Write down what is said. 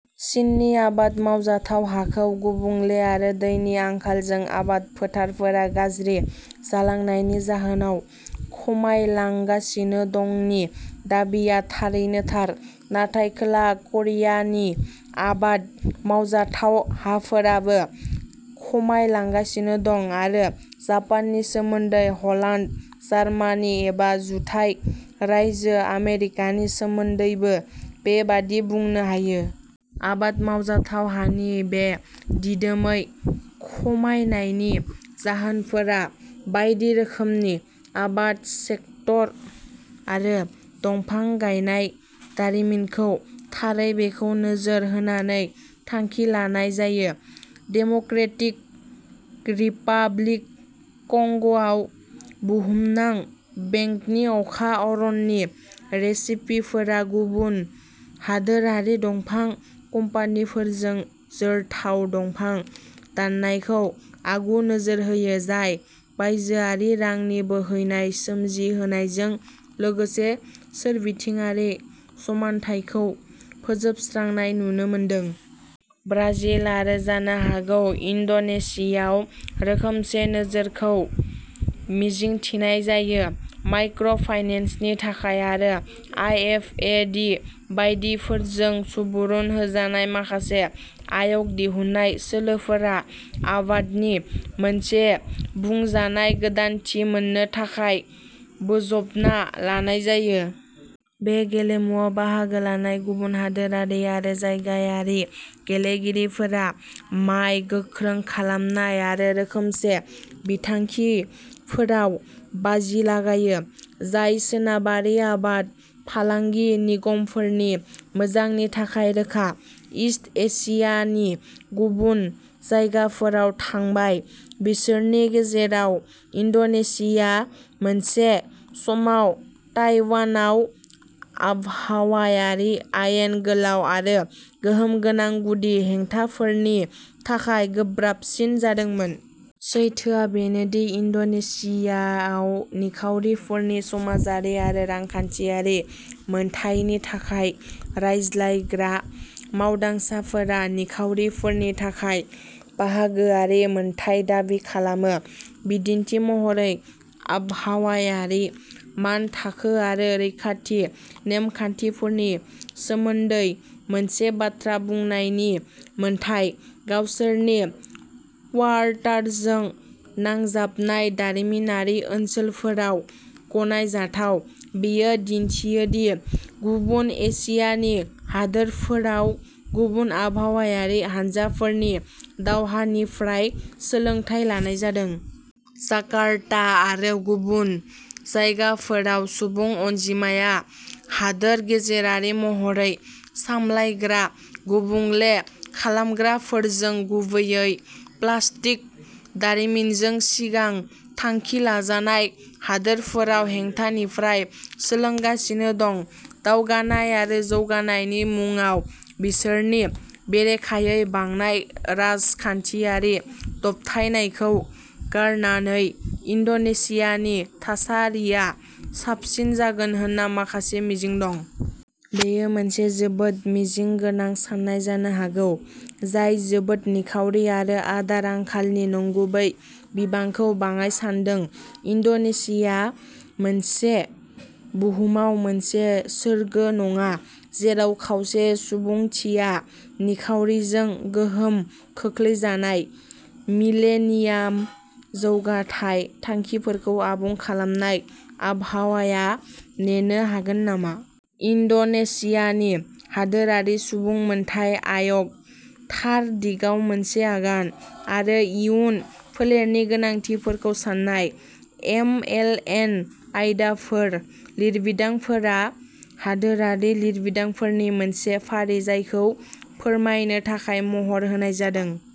चीननि आबाद मावजाथाव हाखौ गुबुंले आरो दैनि आंखालजों आबाद फोथारफोरा गाज्रि जालांनायनि जाहोनाव खमायलांगासिनो दंनि दाबिआ थारैनो थार। नाथाय खोला करियानि आबाद मावजाथाव हाफोराबो खमायलांगासिनो दं। आरो जापाननि सोमोन्दै, हलान्द, जार्मानि एबा जुथाइ रायजो आमेरिकानि सोमोन्दैबो बेबादि बुंनो हायो। आबाद मावजाथाव हानि बे दिदोमै खमायनायनि जाहोनफोरा बायदि रोखोमनि। आबाद सेक्टर आरो दंफां गायनाय दारिमिनखौ थारै बेखौ नोजोर होनानै थांखि लानाय जायो। डेम'क्रेटिक रिपाब्लिक कंग'आव बुहुमनां बेंकनि अखा अरननि रेसिपिफोरा गुबुन हादोरारि दंफां कम्पानिफोरजों जोरथाव दंफां दाननायखौ आगु नोजोर होयो। जाय बायजोआरि रांनि बोहैनाय सोमजिहोनायजों लोगोसे सोरबिथिंआरि समानथायखौ फोजोबस्रांनाय नुनो मोनदों। ब्राजिल आरो जानो हागौ इन्ड'नेसियाव रोखोमसे नोजोरखौ मिजिंथिनाय जायो। माइक्र' फाइनेन्सनि थाखाय आरो आइ एफ ए दि बायदिफोरजों सुबुरुन होजानाय माखासे आय'ग दिहुन्नाय सोलोफोरा आबादनि मोनसे बुंजानाय गोदानथि मोन्नो थाखाय बोजबना लानाय जायो। बे गेलेमुआव बाहागो लानाय गुबुन हादोरारि आरो जायगायारि गेलेगिरिफोरा माय गोख्रों खालामनाय आरो रोखोमसे बिथांखिफोराव बाजि लागायो। जाय सोनाबारि आबाद फालांगि निगमफोरनि मोजांनि थाखाय रोखा। इस्ट एसियानि गुबुन जायगाफोराव थांबाय, बिसोरनि गेजेराव इन्ड'नेशिया मोनसे समाव ताइवानआव आबहावायारि आयेन गोलाव आरो गोहोमगोनां गुदि हेंथाफोरनि थाखाय गोब्राबसिन जादोंमोन। सैथोआ बेनोदि इन्ड'नेशियाआव निखावरिफोरनि समाजारि आरो रांखान्थियारि मोनथायनि थाखाय रायज्लायग्रा मावदांसाफोरा निखावरिफोरनि थाखाय बाहागोआरि मोन्थाइ दाबि खालामो। बिदिन्थि महरै आबहावायारि मानथाखो आरो रैखाथि नेमखान्थिफोरनि सोमोनदै मोनसे बाथ्रा बुंनायनि मोन्थाइ। गावसोरनि क्वार्टारजों नांजाबनाय दारिमिनारि ओनसोलफोराव गनायजाथाव। बेयो दिन्थियो दि गुबुन एसियानि हादोरफोराव गुबुन आबहावायारि हानजाफोरनि दावहानिफ्राय सोलोंथाय लानाय जादों। जाकार्ता आरो गुबुन जायगाफोराव सुबुं अनजिमाया हादोर गेजेरारि महरै सामलायग्रा गुबुंले खालामग्राफोरजों गुबैयै प्लास्टिक दारिमिनजों सिगां थांखि लाजानाय हादोरफोराव हेंथानिफ्राय सोलोंगासिनो दं। दावगानाय आरो जौगानायनि मुङाव बिसोरनि बेरेखायै बांनाय राजखान्थियारि दबथायनायखौ गारनानै इन्ड'नेसियानि थासारिया साबसिन जागोन होनना माखासे मिजिं दं। बेयो मोनसे जोबोद मिजिं गोनां सान्नाय जानो हागौ, जाय जोबोद निखावरि आरो आदार आंखालनि नंगुबै बिबांखौ बाङाइ सान्दों। इन्ड'नेसिया मोनसे बुहुमाव मोनसे सोरगो नङा जेराव खावसे सुबुंथिया निखावरिजों गोहोम खोख्लैजानाय। मिलेनियाम जौगाथाय थांखिफोरखौ आबुं खालामनाय आबहावाया नेनो हागोन नामा? इन्ड'नेसियानि हादोरारि सुबुं मोनथाय आय'ग थार दिगाव मोनसे आगान आरो इयुन फोलेरनि गोनांथिफोरखौ सान्नाय। एमएलएन आयदाफोर लिरबिदांफोरा हादोरारि लिरबिदांफोरनि मोनसे फारि, जायखौ फोरमायनो थाखाय महर होनाय जादों।